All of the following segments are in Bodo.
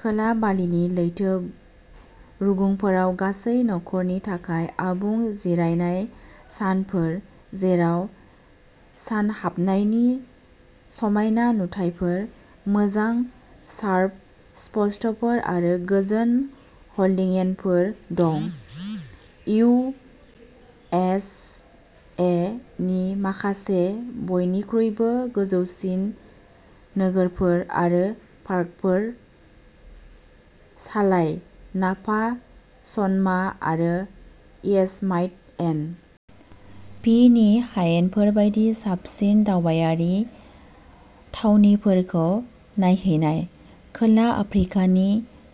खोला बालिनि लैथो रुगुंफोराव गासै नखरनि थाखाय आबुं जिरायनाय सानफोर, जेराव सानहाबनायनि समायना नुथायफोर, मोजां सार्फ स्पटफोर आरो गोजोन ह'ल्डियेफोर दं। इउ एस ए नि माखासे बयनिख्रुइबो गोजोंसिन नोगोरफोर आरो पार्कफोराव सालाय, नापा, सन'मा आरो य'सेमाइट एन पि नि हायेनफोर बायदि साबसिन दावबायारि थावनिफोरखौ नायहैनाय। खोला आफ्रिकानि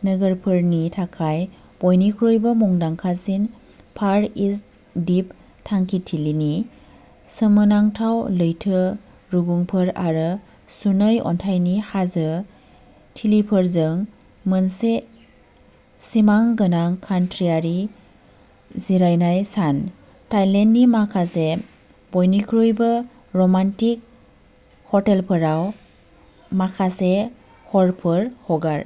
नोगोरारिफोरनि थाखाय बयनिख्रुइबो मुंदांखासिन फार इस्ट दिप थांखिथिलि, सोमोनांथाव लैथो रुगुंफोर आरो सुनै अन्थाइनि हाजो थिखिनिफोरजों, मोनसे सिमांगोनां क्रान्तियारि जिरायनाय सान। थाइलेन्डनि माखासे बयनिख्रुइबो रमान्टिक हटेलफोराव माखासे हरफोर हगार।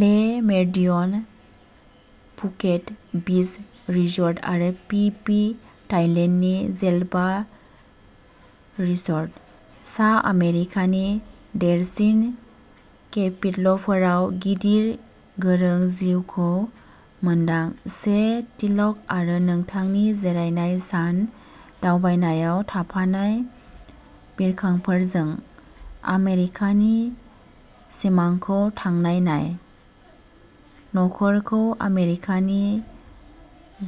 Le Meridien Phuket Beach Resort आरो फि फि आइलेन्डनि जेभ'ला रिसर्ट। सा आमेरिकानि देरसिन केपिटलफोराव गिदिर नोगोर जिउखौ मोनदां, रेल टिकेट आरो नोंथांनि जिरायनाय सान दावबायनायाव थाफानाय बिरखंफोरजों। आमेरिकानि सिमांखौ थांना नाय नखरखौ आमेरिकानि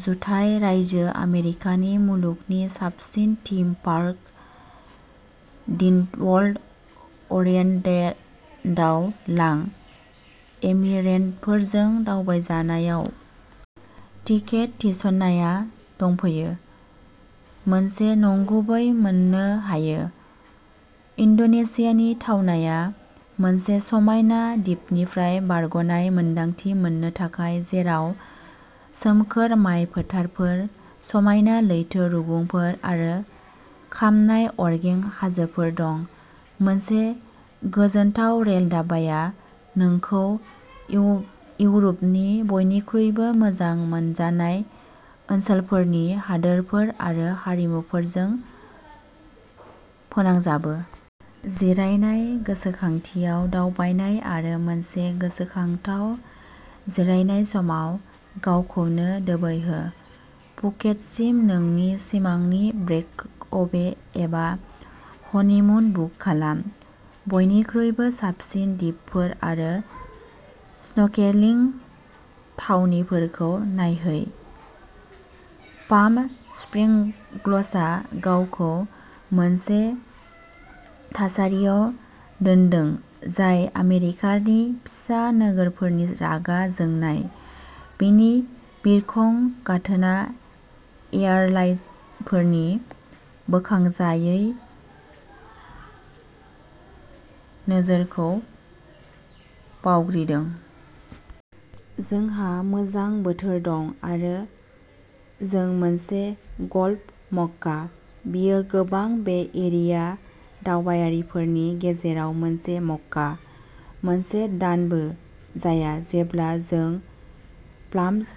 जुथाइ रायजो आमेरिकानि मुलुगनि साबसिन थीम पार्क, डिज्निवर्ल्ड अरलेन्ड'आव लां, एमिरेटफोरजों दावबायनायाव। टिकेट थिसननाया दंफायो मोनसे नंगुबै मोननो हायो। इन्ड'नेसियानि थावनाया मोनसे समायना दिपनिफ्राय बारग'नाय मोन्दांथि मोननो थाखाय, जेराव सोमखोर माय फोथारफोर, समायना लैथो रुगुंफोर आरो खामनाय अरगें हाजोफोर दं। मोनसे गोजोनथाव रेल दावबायनाया नोंखौ इउर'पनि बयनिख्रुइबो मोजां मोनजानाय ओनसोलफोरनि हादोरफोर आरो हारिमुफोरजों फोनांजाबो। जिरायनाय गोख्रैथियाव दावबाय आरो मोनसे गोसोखांथाव जिरायसमाव गावखौनो दोबैहो। फुकेतसिम नोंनि सिमांनि ब्रेकअवे एबा हनिमुन बुक खालाम, बयनिख्रुइबो साबसिन दिपफोर आरो स्नर्केलिं थावनिफोरखौ नायहै पाम स्प्रिंग्सआ गावखौ मोनसे थासारियाव मोनदों जाय आमेरिकानि फिसा नोगोरफोरनि रागा जोंनाय बेनि बिरखं गाथोना एयारलाइनफोरनि बोखावजायै नोजोरखौ आवग्रिदों। जोंहा मोजां बोथोर दं, आरो जों मोनसे गल्फ मक्का। बेयो गोबां बे एरिया दावबायारिफोरनि गेजेराव मोनसे मक्का। मोनसे दानबो जाया जेब्ला जों पाल्मस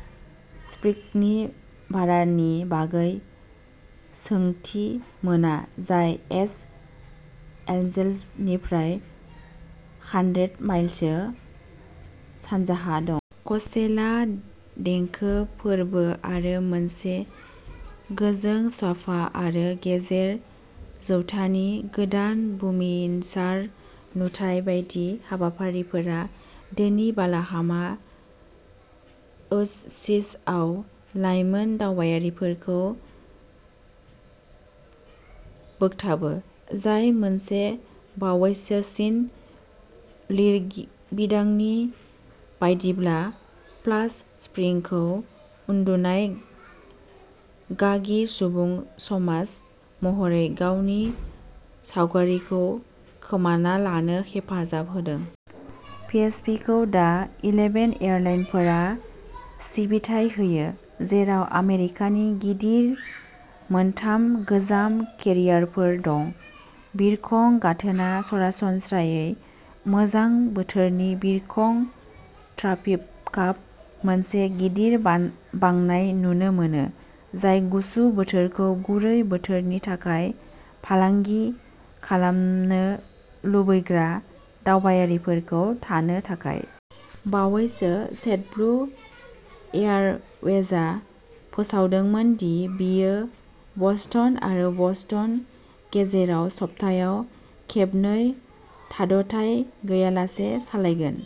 स्प्रिंग्सनि भारानि बागै सोंथि मोना, जाय लस एन्जेल्सनिफ्राय हानद्रेद माइलसो सानजाहा दं। क'चेला देंखो फोरबो आरो मोनसे गोजों स्पा आरो गेजेर जौथाइनि गोदान बुमिनसार नुथाइ बायदि हाबाफारिफोरा धोनि बालाहामा ओएसिसआव लाइमोन दावबायारिफोरखौ बोगथाबदों, जाय मोनसे बावैसोनि लिरबिदांनि बायदिब्ला, पाल्म स्प्रिंग्सखौ उन्दुनाय गागि सुबुं समाज महरै गावनि सावगारिखौ खोमाना लानो हेफाजाब होदों। पिएसपीखौ दा एलिभेन एयारलाइनफोरा सिबिथाय होयो, जेराव आमेरिकानि गिदिर मोनथाम गोजाम केरियारफोरबो दं। बिरखं गाथोना सरासनस्रायै गोजां बोथोरनि बिरखं ट्राफिकाव मोनसे गिदिर बांनाय नुनो मोनो, जाय गुसु बोथोरखौ गुरै बोथोरनि थाखाय फालांगि खालामनो लुबैग्रा दावबायारिफोरखौ थानो थाखाय। बावैसो, जेटब्लु एयारवेजा फोसावदोंमोन दि बियो बस्टन आरो बस्टन गेजेराव सप्तायाव खेबनै थाद'थाय गैयालासे सालायगोन।